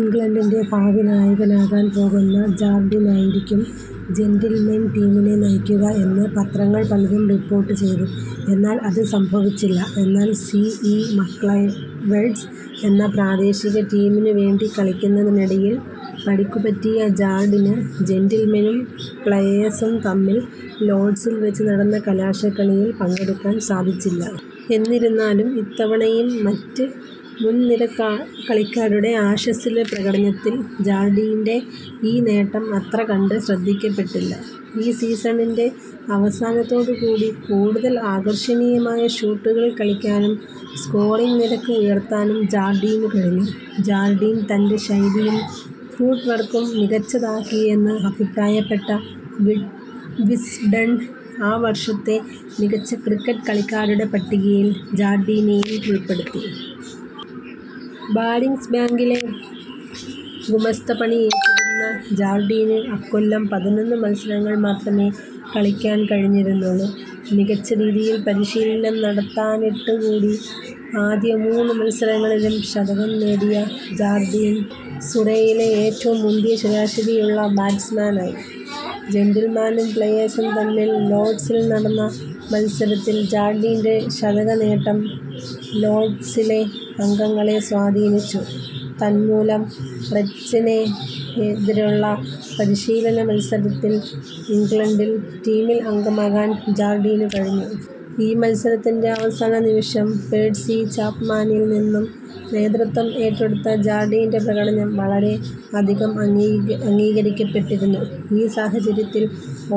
ഇംഗ്ലണ്ടിൻ്റെ ഭാവി നായകാനാകാൻ പോകുന്ന ജാർഡിനായിരിക്കും ജെൻ്റിൽമെൻ ടീമിനെ നയിക്കുക എന്ന് പത്രങ്ങൾ പലതും റീപ്പോർട്ട് ചെയ്തു എന്നാൽ അത് സംഭവിച്ചില്ല. എന്നാൽ സി. ഇ. മക്ലെവെഴ്സ് എന്ന പ്രാദേശിക ടീമിനു വേണ്ടി കളിയ്ക്കുന്നതിനിടയിൽ പരിക്കു പറ്റിയ ജാർഡിന് ജെൻ്റിൽമെനും പ്ലെയേഴ്സും തമ്മിൽ ലോഡ്സിൽ വച്ച് നടന്ന കലാശക്കളിയിൽ പങ്കെടുക്കാൻ സാധിച്ചില്ല. എന്നിരുന്നാലും ഇത്തവണയും മറ്റ് മുൻ നിരക്കളിക്കാരുടെ ആഷസിലെ പ്രകടനത്തിൽ ജാർഡീൻ്റെ ഈ നേട്ടം അത്ര കണ്ട് ശ്രദ്ധിക്കപ്പെട്ടില്ല. ഈ സീസണിൻ്റെ അവസാനത്തോടുകൂടി കൂടുതൽ ആകർഷണീയമായ ഷോട്ടുകൾ കളിക്കാനും സ്കോറിംഗ് നിരക്ക് ഉയർത്താനും ജാർഡീനു കഴിഞ്ഞു. ജാർഡീൻ തൻ്റെ ശൈലിയും ഫൂട്ട് വർക്കും മികച്ചതാക്കിയെന്ന് അഭിപ്രായപ്പെട്ട വിസ്ഡൺ ആ വർഷത്തെ മികച്ച ക്രിക്കറ്റ് കളിക്കാരുടെ പട്ടികയിൽ ജാർഡീനെയും ഉൾപ്പെടുത്തി. ബാരിംഗ്സ് ബാങ്കിലെ ഗുമസ്ത പണി ഏറ്റെടുത്തിരുന്ന ജാർഡീന് അക്കൊല്ലം പതിനൊന്ന് മത്സരങ്ങൾ മാത്രമേ കളിയ്ക്കാൻ കഴിഞ്ഞിരുന്നുള്ളു. മികച്ച രീതിയിൽ പരീശീലനം നടത്താഞ്ഞിട്ടുകൂടി ആദ്യ മൂന്ന് മത്സരങ്ങളിലും ശതകം നേടിയ ജാർഡീൻ സുറൈയിലെ ഏറ്റവും മുന്തിയ ശരാശരിയുള്ള ബാറ്റ്സമാനായി. ജെൻ്റിൽമാനും പ്ലെയേഴ്സും തമ്മിൽ ലൊഡ്സിൽ നടന്ന മത്സരത്തിൽ ജാർഡീൻ്റെ ശതകനേട്ടം ലോർഡ്സിലെ അംഗങ്ങളെ സ്വാധീനിച്ചു, തന്മൂലം റെസ്റ്റിനെതിരെയുള്ള പരിശീലന മത്സരത്തിൽ ഇംഗ്ലണ്ടിൽ ടീമിൽ അംഗമാകാൻ ജാർഡീനു കഴിഞ്ഞു. ഈ മത്സരത്തിൻ്റെ അവസാന നിമിഷം പേഴ്സി ചാപ്മാനിൽ നിന്നും നേതൃത്തം ഏറ്റെടുത്ത ജാർഡീൻ്റെ പ്രകടനം വളരെ അധികം അംഗീകരിക്കപ്പെട്ടിരുന്നു. ഈ സാഹചര്യത്തിൽ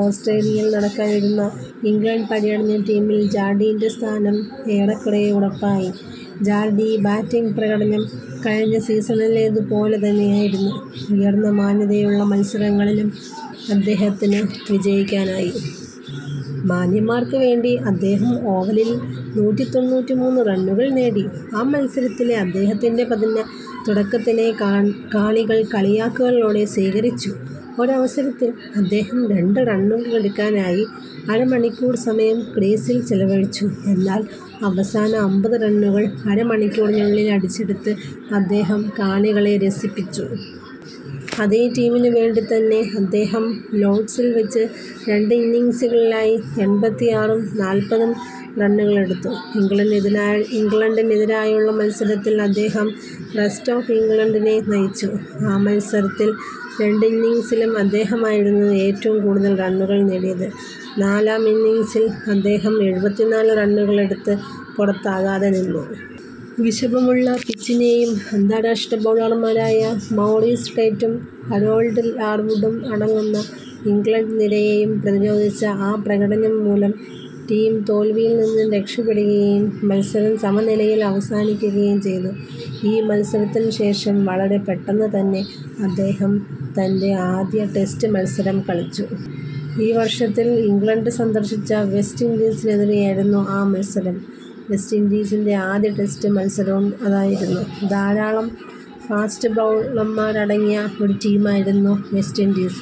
ഓസ്ട്രേലിയയിൽ നടക്കാനിരിക്കുന്ന ഇംഗ്ലണ്ട് പര്യടന ടീമിൽ ജാർഡീൻ്റെ സ്ഥാനം ഏറെക്കുറെ ഉറപ്പായി. ജാർഡി ബാറ്റിംഗ് പ്രകടനം കഴിഞ്ഞ സീസണിലേതു പോലെ തന്നെയായിരുന്നു. ഉയർന്ന മാന്യതയുള്ള മത്സരങ്ങളിലും അദ്ദേഹത്തിന് വിജയിക്കാനായി. മാന്യന്മാർക്കു വേണ്ടി അദ്ദേഹം ഓവലിൽ നൂറ്റിതൊണ്ണൂറ്റിമൂന്ന് റണ്ണുകൾ നേടി. ആ മത്സരത്തിലെ അദ്ദേഹത്തിൻ്റെ പതിഞ്ഞ തുടക്കത്തിനെ കാണികൾ കളിയാക്കലുകളോടെ സ്വീകരിച്ചു. ഒരവസരത്തിൽ അദ്ദേഹം രണ്ട് റണ്ണുകളെടുക്കാനായി അര മണിക്കൂർ സമയം ക്രീസിൽ ചിലവഴിച്ചു. എന്നാൽ അവസാന അമ്പത് റണ്ണുകൾ അര മണിക്കൂറിനുള്ളിൽ അടിച്ചെടുത്ത് അദ്ദേഹം കാണികളെ രസിപ്പിച്ചു. അതേ ടീമിനു വേണ്ടിത്തന്നെ അദ്ദേഹം ലോർഡ്സിൽ വെച്ച് രണ്ടിന്നിംഗ്സുകളിലായി എൺപത്തിആറും നാല്പതും റണ്ണുകളെടുത്തു. ഇംഗ്ലണ്ടിനെതിരായുള്ള മത്സരത്തിൽ അദ്ദേഹം റെസ്റ്റ് ഓഫ് ഇംഗ്ലണ്ട് നെ നയിച്ചു. ആ മത്സരത്തിൽ രണ്ടിന്നിംഗ്സിലും അദ്ദേഹമായിരുന്നു ഏറ്റവും കൂടുതൽ റണ്ണുകൾ നേടിയത്. നാലാം ഇന്നിംഗ്സിൽ അദ്ദേഹം എഴുപത്തിനാല് റണ്ണുകളെടുത്ത് പുറത്താകാതെ നിന്നു. വിഷമമുള്ള പിച്ചിനേയും അന്താരാഷ്ട്ര ബൗളർമാരായ മൗറിസ് ടേറ്റും ഹാരോൾഡ് ലാർവുഡും അടങ്ങുന്ന ഇംഗ്ലണ്ട് നിരയേയും പ്രതിരോധിച്ച ആ പ്രകടനം മൂലം ടീം തോൽവിയിൽ നിന്ന് രക്ഷപ്പെടുകയും മത്സരം സമനിലയിൽ അവസാനിക്കുകയും ചെയ്തു. ഈ മത്സരത്തിനു ശേഷം, വളരെ പെട്ടെന്നു തന്നെ അദ്ദേഹം തൻ്റെ ആദ്യ ടെസ്റ്റ് മത്സരം കളിച്ചു. ആ വർഷത്തിൽ ഇംഗ്ലണ്ട് സന്ദർശിച്ച വെസ്റ്റ് ഇൻഡീസിനെതിരെയായിരുന്നു ആ മത്സരം. വെസ്റ്റ് ഇൻഡീസിൻ്റെ ആദ്യ ടെസ്റ്റ് മത്സരവും അതായിരുന്നു. ധാരാളം ഫാസ്റ്റ് ബൗളർമാരടങ്ങിയ ഒരു ടീമായിരുന്നു വെസ്റ്റ് ഇൻഡീസ്.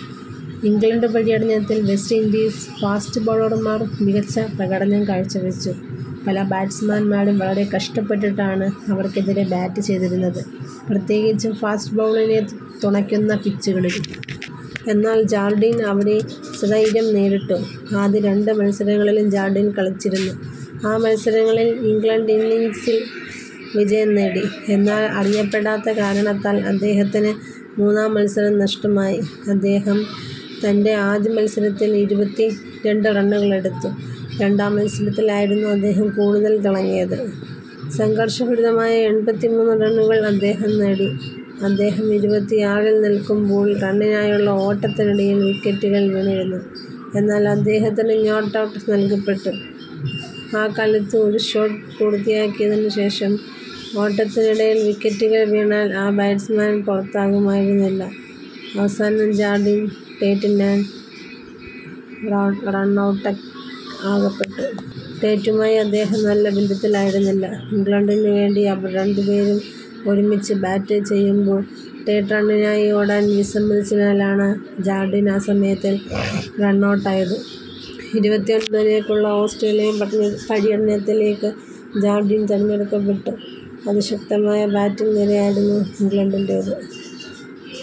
ഇംഗ്ലണ്ട് പര്യടനത്തിൽ വെസ്റ്റ് ഇൻഡ്യൻ ഫാസ്റ്റ് ബൗളർമാർ മികച്ച പ്രകടനം കാഴ്ചവെച്ചു. പല ബാറ്റ്സ്മാന്മാരും വളരെ കഷ്ടപ്പെട്ടാണ് അവർക്കെതിരെ ബാറ്റ് ചെയ്തിരുന്നത്, പ്രത്യേകിച്ചും ഫാസ്റ്റ് ബൗളിംഗിനെ തുണക്കുന്ന പിച്ചുകളിൽ. എന്നാൽ ജാർഡിൻ അവരെ സധൈര്യം നേരിട്ടു. ആദ്യ രണ്ട് മത്സരങ്ങളിലും ജാർഡിൻ കളിച്ചിരുന്നു. ആ മത്സരങ്ങളിൽ ഇംഗ്ലണ്ട് ഇന്നിംഗ്സ് വിജയം നേടി. എന്നാൽ അറിയപ്പെടാത്ത കാരണത്താൽ അദ്ദേഹത്തിന് മൂന്നാം മത്സരം നഷ്ടമായി. അദ്ദേഹം തൻ്റെ ആദ്യ മത്സരത്തിൽ ഇരുപത്തിരണ്ട് റണ്ണുകളെടുത്തു. രണ്ടാം മത്സരത്തിലായിരുന്നു അദ്ദേഹം കൂടുതൽ തിളങ്ങിയത്. സംഘർഷഭരിതമായ എൺപത്തിമൂന്ന് റണ്ണുകൾ അദ്ദേഹം നേടി. അദ്ദേഹം ഇരുപത്തിആറിൽ നിൽക്കുമ്പോൾ റണ്ണിനായുള്ള ഓട്ടത്തിനിടയിൽ വിക്കറ്റുകൾ വീണിരുന്നു. എന്നാൽ അദ്ദേഹത്തിന് നോട്ട് ഔട്ട് നൽകപ്പെട്ടു. ആ കാലത്ത്, ഒരു ഷോട്ട് പൂർത്തിയാക്കിയതിനു ശേഷം ഓട്ടത്തിനിടയിൽ വിക്കറ്റുകൾ വീണാൽ ആ ബാറ്റ്സ്മാൻ പുറത്താകുമായിരുന്നില്ല. അവസാനം ജാർഡിൻ, ടേറ്റിനാൽ റണ്ണൗട്ടാകപ്പെട്ടു. ടേറ്റുമായി അദ്ദേഹം നല്ല ബന്ധത്തിലായിരുന്നില്ല. ഇംഗ്ലണ്ടിനു വേണ്ടി അവർ രണ്ടുപേരും ഒരുമിച്ച് ബാറ്റ് ചെയ്യുമ്പോൾ, ടേറ്റ് റണ്ണിനായി ഓടാൻ വിസ്സമ്മതിച്ചതിനാലാണ് ജാർഡിൻ ആ മത്സരത്തിൽ റണ്ണൗട്ടായത്. ഇരുപത്തിഒൻപതിലേക്കുള്ള ഓസ്ട്രേലിയൻ പര്യടനത്തിലേക്ക് ജാർഡിൻ തിരഞ്ഞെടുക്കപ്പെട്ടു. അതിശക്തമായ ബാറ്റിംഗ് നിരയായിരുന്നു ഇംഗ്ലണ്ടിൻ്റേത്.